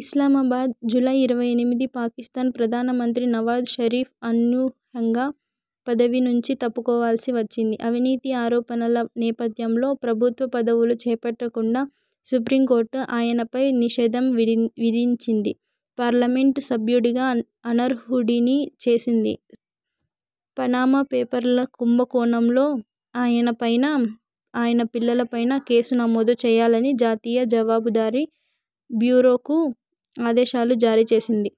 Islamabad, July ఇరవై ఎనిమిది పాకిస్థాన్ ప్రధాన మంత్రి నవాజ్ షరీఫ్ అనూహ్యంగా పదవి నుంచి తప్పుకోవాల్సి వచ్చింది. అవినీతి ఆరోపణల నేపథ్యంలో, ప్రభుత్వ పదవులు చేపట్టకుండా సుప్రీం కోర్టు ఆయనపై నిషేధం విడించి విధించింది. పార్లమెంటు సభ్యుడిగా అనర్హుడిని చేసింది. పనామా పేపర్ల కుంభ కోణంలో ఆయన పైనా, ఆయన పిల్లల పైనా కేసు నమోదు చేయాలని జాతీయ జవాబుదారీ బ్యూరోకు ఆదేశాలు జారీ చేసింది.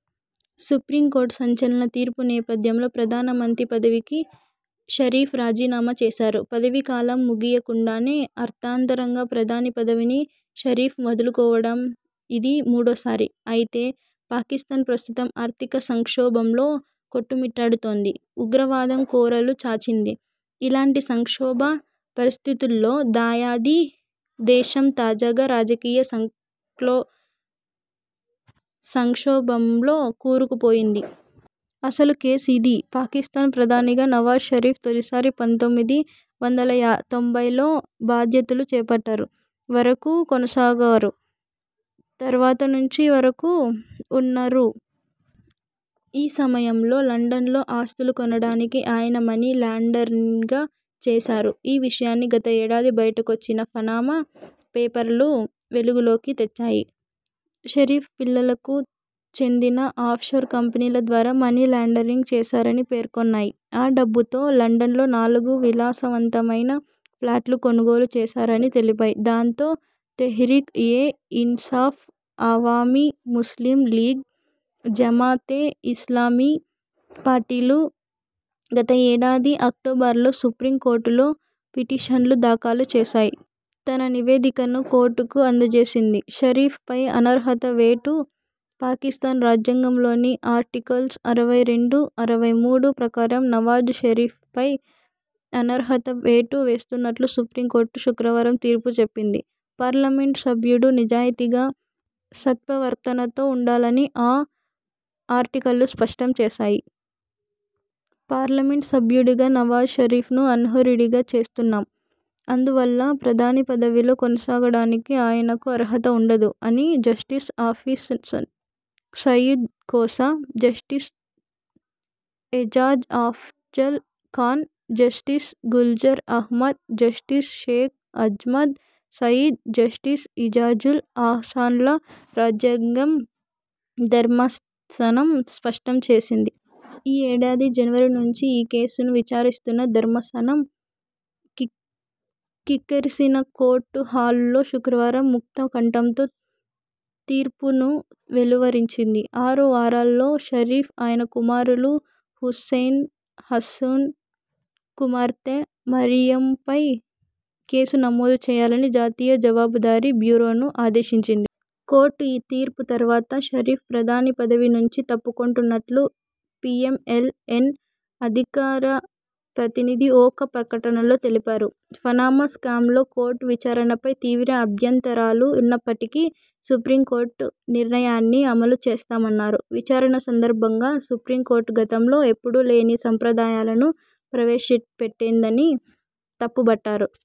సుప్రీం కోర్టు సంచలన తీర్పు నేపథ్యంలో ప్రధాన మంత్రి పదవికి షరీఫ్ రాజీనామా చేశారు. పదవీ కాలం ముగియకుండానే అర్థాంతరంగా ప్రధాని పదవిని షరీఫ్ వదులుకోవడం ఇది మూడోసారి. అయితే, పాకిస్థాన్ ప్రస్తుతం ఆర్థిక సంక్షోభంలో కొట్టుమిట్టాడుతోంది. ఉగ్రవాదం కోరలు చాచింది. ఇలాంటి సంక్షోభ పరిస్థితుల్లో దాయాది దేశం తాజాగా రాజకీయ సంక్లో సంక్షోభంలో కూరుకుపోయింది. అసలు కేసు ఇదీ! పాకిస్థాన్ ప్రధానిగా నవాజ్ షరీఫ్ తొలిసారి పంతొమ్మిది వందల యాబ్ తొంభైలో బాధ్యతలు చేపట్టారు. వరకూ కొనసాగారు. తర్వాత నుంచి వరకూ ఉన్నా రు. ఈ సమయంలో లండన్ లో ఆస్తులు కొనడానికి ఆయన మనీ లాండరింగ్ గ చేశారు. ఈ విషయాన్ని గత ఏడాది బయటకొచ్చిన పనామా పేపర్లు వెలుగులోకి తెచ్చాయి. షరీఫ్ పిల్లలకు చెందిన ఆఫ్షోర్ కంపెనీల ద్వారా మనీ లాండరింగ్ చేశారని పేర్కొన్నాయి. ఆ డబ్బుతో లండన్లో నాలుగు విలాసవంతమైన ఫ్లాట్లు కొనుగోలు చేశారని తెలిపాయి. దాంతో, తెహ్రీక్ ఏ ఇన్సాఫ్, అవామీ ముస్లిం లీగ్, జామా తే ఇస్లామీ పార్టీలు గత ఏడాది అక్టోబరులో సుప్రీం కోర్టులో పిటిషన్లు దాఖలు చేశాయి. తన నివేదికను కోర్టుకు అందజేసింది. షరీఫ్ పై అనర్హత వేటు. పాకిస్థాన్ రాజ్యాంగంలోని ఆర్టికల్స్ అరవై రెండు, అరవై మూడు ప్రకారం నవాజ్ షరీఫ్పై అనర్హత వేటు వేస్తున్నట్లు సుప్రీం కోర్టు శుక్రవారం తీర్పు చెప్పింది. పార్లమెంటు సభ్యుడు నిజాయతీగా, సత్ప్రవర్తనతో ఉండాలని ఆ ఆర్టికళ్లు స్పష్టం చేసాయీ. ''పార్లమెంటు సభ్యుడిగా నవాజ్ షరీఫ్ను అన్ హరుడిగా చేస్తున్నాం. అందువల్ల ప్రధాని పదవిలో కొనసాగడానికి ఆయనకు అర్హత ఉండదు'' అని జస్టిస్ ఆఫెస్ససన్ Saeed Khosa, justice Ejaz Afzal Khan, justice Gulzar Ahmed, justice Sheikh Azmat Saeed, justice Ijazul అహ్సాన్ల రాజ్యాంగం ధర్మాసనం స్పష్టం చేసింది. ఈ ఏడాది జనవరి నుంచి ఈ కేసును విచారిస్తున్న ధర్మాసనం.. క్రిక్ కిక్కిరిసిన కోర్టు హాలులో శుక్రవారం ముక్త కంఠంతో తీర్పు ను వెలువరించింది. ఆరు వారాల్లో షరీఫ్, ఆయన కుమారులు హుస్సేన్, హసన్, కుమార్తె మరియంపై కేసు నమోదు చేయాలని జాతీయ జవాబుదారీ బ్యూరోను ఆదేశించింది. కోర్టు తీర్పు తర్వాత షరీఫ్ ప్రధాని పదవి నుంచి తప్పుకొంటున్నట్లు పీ.ఎం.ఎల్. ఎన్ అధికార ప్రతినిధి ఒక ప్రకటనలో తెలిపారు. పనామా స్కాంలో కోర్టు విచారణపై తీవ్ర అభ్యంతరాలు ఉన్నప్పటికీ, సుప్రీం కోర్టు నిర్ణయాన్ని అమలు చేస్తామన్నారు. విచారణ సందర్భంగా సుప్రీం కోర్టు గతంలో ఎప్పుడూ లేని సంప్రదాయాలను ప్రవేశపెట్టిందని తప్పుబట్టారు.